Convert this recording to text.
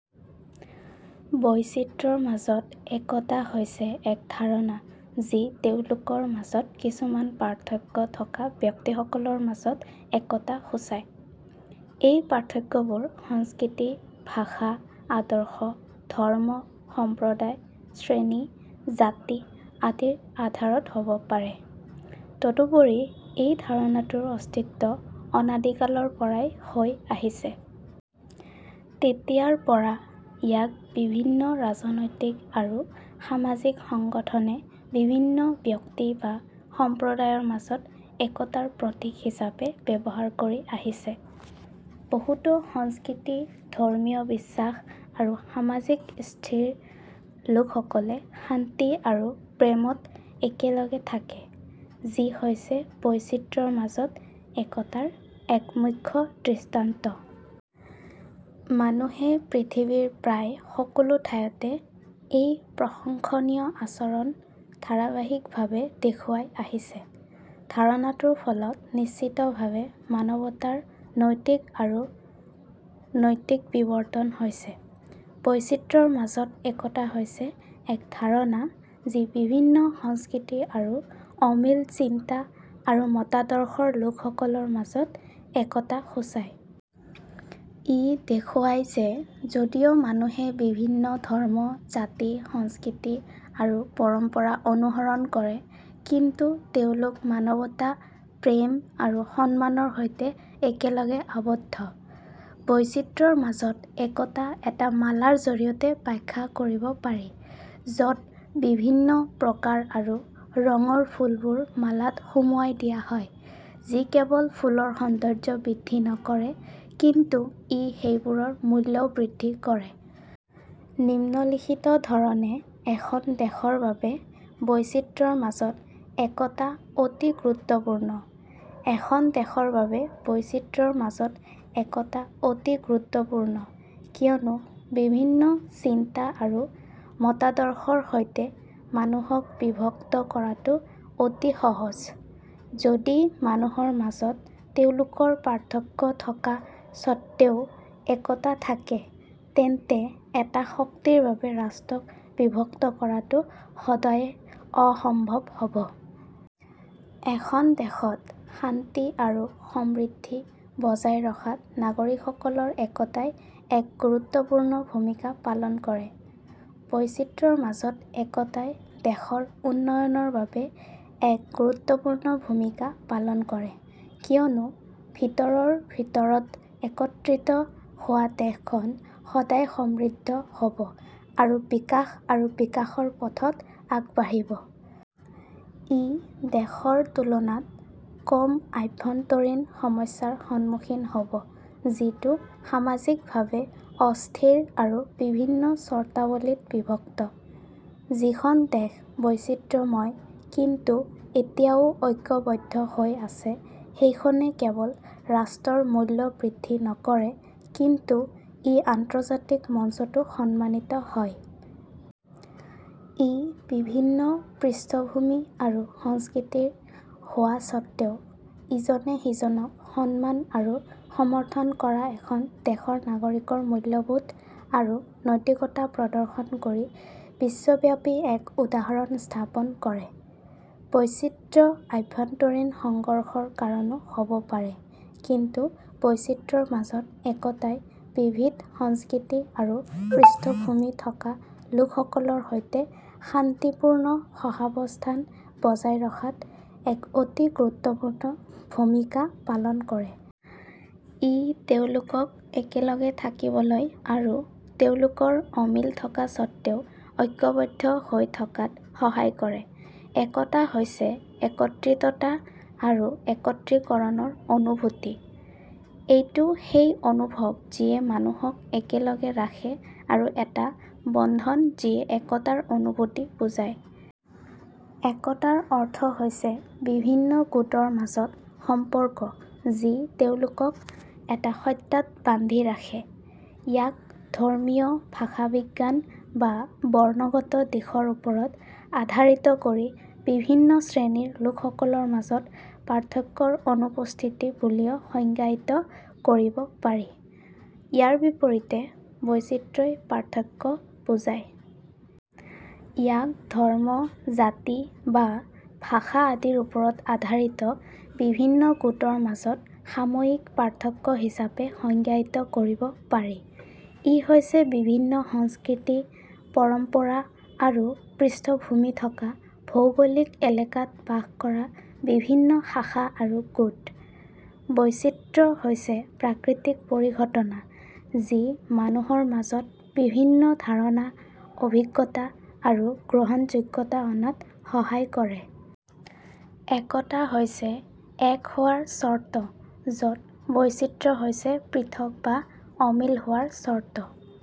বৈচিত্ৰ্যৰ মাজত একতা হৈছে এক ধাৰণা যি তেওঁলোকৰ মাজত কিছুমান পাৰ্থক্য থকা ব্যক্তিসকলৰ মাজত একতা সূচায়। এই পাৰ্থক্যবোৰ সংস্কৃতি, ভাষা, আদৰ্শ, ধৰ্ম, সম্প্ৰদায়, শ্ৰেণী, জাতি আদিৰ আধাৰত হ'ব পাৰে। তদুপৰি, এই ধাৰণাটোৰ অস্তিত্ব অনাদিকালৰ পৰাই হৈ আহিছে। তেতিয়াৰ পৰা, ইয়াক বিভিন্ন ৰাজনৈতিক আৰু সামাজিক সংগঠনে বিভিন্ন ব্যক্তি বা সম্প্ৰদায়ৰ মাজত একতাৰ প্ৰতীক হিচাপে ব্যৱহাৰ কৰি আহিছে। বহুতো সংস্কৃতি, ধৰ্ম্মীয় বিশ্বাস আৰু সামাজিক স্থিতিৰ লোকসকলে শান্তি আৰু প্ৰেমত একেলগে থাকে, যি হৈছে "বৈচিত্ৰ্যৰ মাজত একতা"ৰ এক মুখ্য দৃষ্টান্ত। মানুহে পৃথিৱীৰ প্ৰায় সকলো ঠাইতে এই প্ৰশংসনীয় আচৰণ ধাৰাবাহিকভাৱে দেখুৱাই আহিছে। ধাৰণাটোৰ ফলত নিশ্চিতভাৱে মানৱতাৰ নৈতিক আৰু নৈতিক বিৱৰ্তন হৈছে। বৈচিত্ৰ্যৰ মাজত একতা হৈছে এক ধাৰণা যি বিভিন্ন সংস্কৃতি আৰু অমিল চিন্তা আৰু মতাদৰ্শৰ লোকসকলৰ মাজত একতা সূচায়। ই দেখুৱায় যে যদিও মানুহে বিভিন্ন ধৰ্ম, জাতি, সংস্কৃতি আৰু পৰম্পৰা অনুসৰণ কৰে কিন্তু তেওঁলোক মানৱতা, প্ৰেম আৰু সন্মানৰ সৈতে একেলগে আবদ্ধ। বৈচিত্ৰ্যৰ মাজত একতা এটা মালাৰ জৰিয়তে ব্যাখ্যা কৰিব পাৰি য'ত বিভিন্ন প্ৰকাৰ আৰু ৰঙৰ ফুলবোৰ মালাত সুমুৱাই দিয়া হয় যি কেৱল ফুলৰ সৌন্দৰ্য বৃদ্ধি নকৰে কিন্তু ই সেইবোৰৰ মূল্যও বৃদ্ধি কৰে। নিম্নলিখিত ধৰণে এখন দেশৰ বাবে বৈচিত্ৰ্যৰ মাজত একতা অতি গুৰুত্বপূৰ্ণ: এখন দেশৰ বাবে বৈচিত্ৰ্যৰ মাজত একতা অতি গুৰুত্বপূৰ্ণ কিয়নো বিভিন্ন চিন্তা আৰু মতাদৰ্শৰ সৈতে মানুহক বিভক্ত কৰাটো অতি সহজ। যদি মানুহৰ মাজত তেওঁলোকৰ পাৰ্থক্য থকা স্বত্বেও একতা থাকে, তেন্তে এটা শক্তিৰ বাবে ৰাষ্ট্ৰক বিভক্ত কৰাটো সদায়ে অসম্ভৱ হ'ব। এখন দেশত শান্তি আৰু সমৃদ্ধি বজাই ৰখাত নাগৰিকসকলৰ একতাই এক গুৰুত্বপূৰ্ণ ভূমিকা পালন কৰে। বৈচিত্ৰ্যৰ মাজত একতাই দেশৰ উন্নয়নৰ বাবে এক গুৰুত্বপূৰ্ণ ভূমিকা পালন কৰে কিয়নো ভিতৰৰ ভিতৰত একত্ৰিত হোৱা দেশখন সদায় সমৃদ্ধ হ'ব আৰু বিকাশ আৰু বিকাশৰ পথত আগবাঢ়িব। ই দেশৰ তুলনাত কম আভ্যন্তৰীণ সমস্যাৰ সন্মুখীন হ'ব যিটো সামাজিকভাৱে অস্থিৰ আৰু বিভিন্ন চৰ্তাৱলীত বিভক্ত। যিখন দেশ বৈচিত্ৰময় কিন্তু এতিয়াও ঐক্যবদ্ধ হৈ আছে সেইখনে কেৱল ৰাষ্ট্ৰৰ মূল্য বৃদ্ধি নকৰে কিন্তু ই আন্তৰ্জাতিক মঞ্চতো সন্মানিত হয়। ই বিভিন্ন পৃষ্ঠভূমি আৰু সংস্কৃতিৰ হোৱা স্বত্বেও ইজনে সিজনক সন্মান আৰু সমৰ্থন কৰা এখন দেশৰ নাগৰিকৰ মূল্যবোধ আৰু নৈতিকতা প্ৰদৰ্শন কৰি বিশ্বব্যাপী এক উদাহৰণ স্থাপন কৰে। বৈচিত্ৰ্য আভ্যন্তৰীণ সংঘৰ্ষৰ কাৰণো হ'ব পাৰে কিন্তু বৈচিত্ৰ্যৰ মাজত একতাই বিবিধ সংস্কৃতি আৰু পৃষ্ঠভূমিথকা লোকসকলৰ সৈতে শান্তিপূৰ্ণ সহাবস্থান বজাই ৰখাত এক অতি গুৰুত্বপূৰ্ণ ভূমিকা পালন কৰে। ই তেওঁলোকক একেলগে থাকিবলৈ আৰু তেওঁলোকৰ অমিল থকা স্বত্বেও ঐক্যবদ্ধ হৈ থকাত সহায় কৰে। একতা হৈছে একত্ৰিততা আৰু একত্ৰীকৰণৰ অনুভূতি। এইটো সেই অনুভৱ যিয়ে মানুহক একেলগে ৰাখে আৰু এটা বন্ধন যিয়ে একতাৰ অনুভূতি বুজায়। একতাৰ অৰ্থ হৈছে বিভিন্ন গোটৰ মাজৰ সম্পৰ্ক যি তেওঁলোকক এটা সত্তাত বান্ধি ৰাখে। ইয়াক ধৰ্মীয়, ভাষাবিজ্ঞান বা বৰ্ণগত দিশৰ ওপৰত আধাৰিত কৰি বিভিন্ন শ্ৰেণীৰ লোকসকলৰ মাজত পাৰ্থক্যৰ অনুপস্থিতি বুলিও সংজ্ঞায়িত কৰিব পাৰি। ইয়াৰ বিপৰীতে, বৈচিত্ৰ্যই পাৰ্থক্য বুজায়। ইয়াক ধৰ্ম, জাতি বা ভাষা আদিৰ ওপৰত আধাৰিত বিভিন্ন গোটৰ মাজত সামূহিক পাৰ্থক্য হিচাপে সংজ্ঞায়িত কৰিব পাৰি। ই হৈছে বিভিন্ন সংস্কৃতি, পৰম্পৰা আৰু পৃষ্ঠভূমিথকা ভৌগোলিক এলেকাত বাস কৰা বিভিন্ন শাখা আৰু গোট। বৈচিত্ৰ্য হৈছে প্ৰাকৃতিক পৰিঘটনা যি মানুহৰ মাজত বিভিন্ন ধাৰণা, অভিজ্ঞতা আৰু গ্ৰহণযোগ্যতা অনাত সহায় কৰে। একতা হৈছে এক হোৱাৰ চৰ্ত য'ত বৈচিত্ৰ্য হৈছে পৃথক বা অমিল হোৱাৰ চৰ্ত।